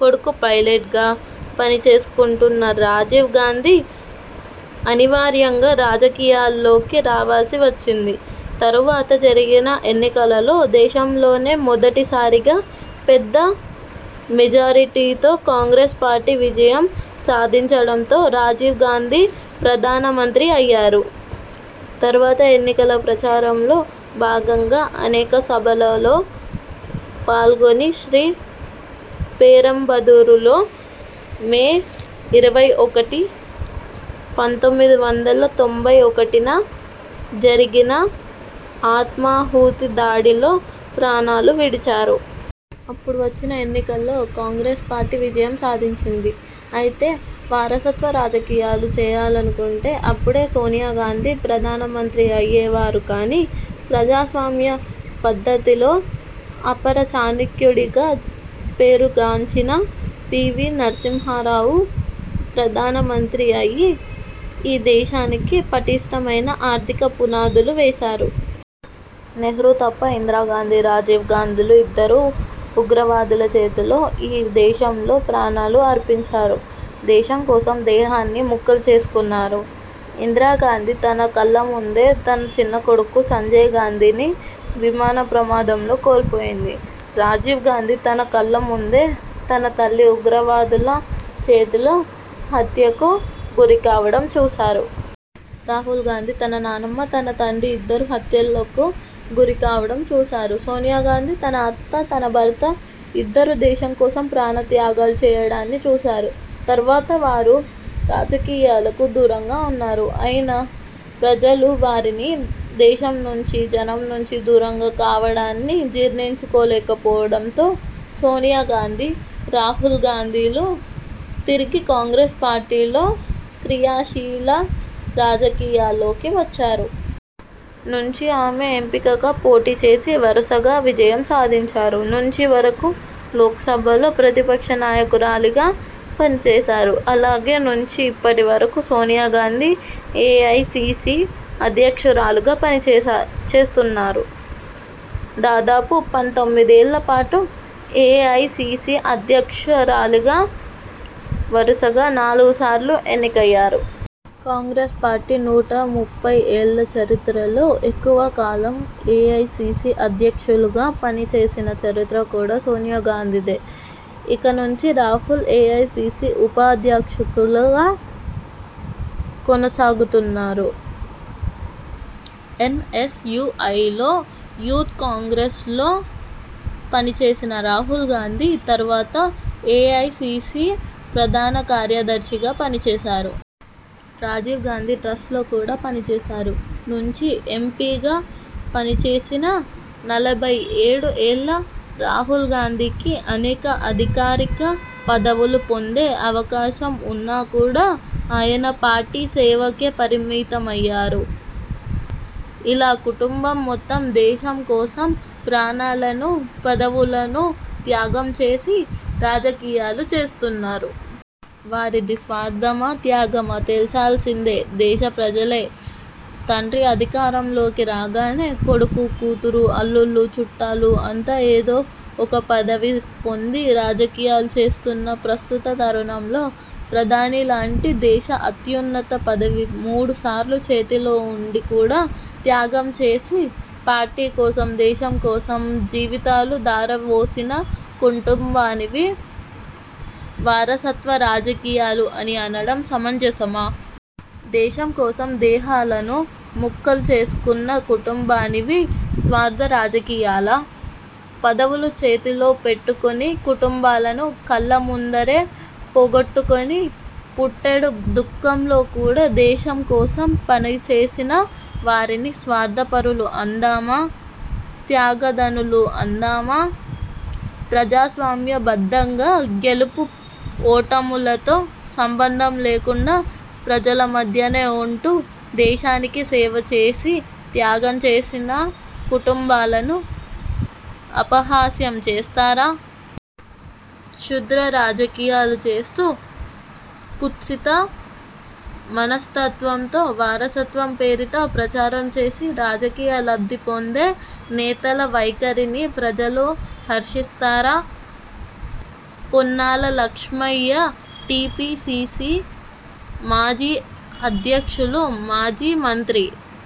కొడుకు పైలట్గా పని చేసుకుంటున్న రాజీవ్ గాందీ అనివార్యంగా రాజకీయాల్లోకి రావాల్సి వచ్చింది. తరువాత జరిగిన ఎన్నికలలో దేశంలోనే మొదటి సారిగా పెద్ద మెజారిటీతో కాంగ్రెస్ పార్టీ విజయం సాధించడంతో రాజీవ్ గాంధీ ప్రధాన మంత్రి అయ్యారు. తరువాత ఎన్నికల ప్రచారంలో భాగంగా అనేక సభలలో పాల్గొని శ్రీ పెరంబదూరులో మే ఇరవై ఒకటి, పంతొమ్మిది వందల తొంభై ఒకటిన జరిగిన ఆత్మాహుతి దాడిలో ప్రాణాలు విడిచారు. అప్పుడు వచ్చిన ఎన్నికల్లో కాంగ్రెస్ పార్టీ విజయం సాధించింది. అయితే వారసత్వ రాజకీయాలు చేయాలనుకుంటే అప్పడే సోనియ గాంధీ ప్రధాన మంత్రి అయ్యేవారు కానీ ప్రజాస్వామ్య పద్ధతిలో అపర చాణిక్యుడిగా పేరు గాంచిన పి. వి నరసింహారావు ప్రధాన మంత్రి అయి ఈ దేశానికి పటిష్ఠమైన ఆర్థిక పునాదులు వేశారు. నెహ్రూ తప్ప ఇందిరా గాంధీ, రాజీవ్ గాంధీలు ఇద్దరు ఉగ్రవాదుల చేతిలో ఈ దేశంలో ప్రాణాలు అర్పించారు. దేశం కోసం దేహాన్ని ముక్కలు చేసుకున్నారు. ఇందిరా గాంధీ తన కళ్ల ముందే తన చిన్నకొడుకు సంజయ్ గాంధీనీ విమాన ప్రమాదంలో కోల్పోయింది. రాజీవ్ గాంధీ తన కళ్ళ ముందే తన తల్లి ఉగ్రవాదుల చేతిలో హత్యకు గురికావడం చూశారు. రాహుల్ గాంధీ తన నానమ్మ, తన తండ్రి ఇద్దరు హత్యలకు గురి కావడం చూశారు. సోనియ గాంధీ తన అత్త, తన భర్త ఇద్దరు దేశం కోసం ప్రాణ త్యాగాలు చేయడాన్ని చూశారు. తరువాత వారు రాజకీయాలకు దూరంగా ఉన్నారు. అయినా, ప్రజలు వారిని దేశం నుంచి జనం నుంచి దూరం కావడాన్ని జీర్ఱించుకో లేకపోవడంతో సోనియ గాంధీ, రాహుల్ గాంధీలు తిరిగి కాంగ్రెస్ పార్టీలో క్రియాశీల రాజకీయాల్లోకి వచ్చారు. నుంచి ఆమె ఎంపీగా పోటీ చేసి వరసగా విజయం సాధించారు. నుంచి వరకు లోక్సభలో ప్రతిపక్ష నాయకురాలిగా పనిచేశారు. అలాగే నుంచి ఇప్పటి వరకు సోనియ గాంధీ ఏఐసీసీ అధ్యక్షురాలిగా పని చేస్తున్నారు. దాదాపు పంతొమ్మిది ఏళ్ళ పాటు ఏఐసీసీ అధ్యక్షు రాలిగా వరసగా నాలుగు సార్లు ఎన్నికయ్యారు. కాంగ్రెస్ పార్టీ నూట ముప్పై ఏళ్ళ చరిత్రలో ఎక్కువ కాలం ఏఐసీసీ అధ్యక్షులుగా పని చేసిన చరిత్ర కూడా సోనియ గాంధీదే. ఇక నుంచి రాహుల్ ఏఐసీసీ ఉపాధ్యక్షులుగా కొనసాగుతున్నారు. ఎన్ఎస్యూఐలో, యూత్ కాంగ్రెస్లో పనిచేసిన రాహుల్ గాంధీ, తరువాత ఏఐసీసీ ప్రధాన కార్యదర్శిగా పనిచేశారు. రాజీవ్ గాంధీ ట్రస్ట్లో కూడా పని చేశారు. నుంచి ఎంపీగా పనిచేసిన నలభై ఏడు ఏళ్ళ రాహుల్ గాంధీకి అనేక అధికారిక పదవులు పొందే అవకాశం ఉన్నా కూడా ఆయన పార్టీ సేవకే పరిమితమయ్యారు. ఇలా కుటంబం మొత్తం దేశం కోసం ప్రాణాలను, పదవులను త్యాగం చేసి రాజకీయాలు చేస్తున్నారు. వారిది స్వార్థమా, త్యాగమా, తేల్చాల్సిందే దేశ ప్రజలే. తండ్రి అధికారం లోకి రాగానే కొడుకు, కూతురు, అల్లుళ్ళు, చుట్టాలు అంతా ఏదో ఒక పదవి పొంది రాజకీయాలు చేస్తున్న ప్రస్తుత తరుణంలో ప్రధాని లాంటి దేశ అత్యున్నత పదవి మూడు సార్లు చేతిలో ఉండి కూడా త్యాగం చేసి పార్టీ కోసం, దేశం కోసం జీవితాలు ధారవోసిన కుటుంబానివి వారసత్వ రాజకీయాలు అని అనడం సమంజసమా? దేశం కోసం దేహాలను ముక్కలు చేసుకొన్న కుటుంబానివి స్వార్థ రాజకీయాలా? పదవులు చేతిలో పెట్టుకొని కుటుంబాలను కళ్ళ ముందరే పోగొట్టుకొని పుట్టెడు దుఃఖంలో కూడా దేశం కోసం పనిచేసిన వారిని స్వార్థ పరులు అందామా.. త్యాగధనులు అందామా? ప్రజాస్వామ్య బద్దంగా గెలుపు ఓటములతో సంబంధం లేకుండా ప్రజల మధ్యనే ఉంటూ దేశానికి సేవచేసి, త్యాగం చేసిన కుటుంబాలను అపహాస్యం చేస్తారా? క్షుద్ర రాజకీయాలు చేస్తూ కుత్సిత మనస్తత్వంతో వారసత్వం పేరిట ప్రచారం చేసి రాజకీయ లబ్ధి పొందే నేతల వైఖరిని ప్రజలు హర్షిస్తారా? పొన్నాల లక్ష్మయ్య టీపీసీసీ మాజీ అధ్యక్షులు, మాజీ మంత్రి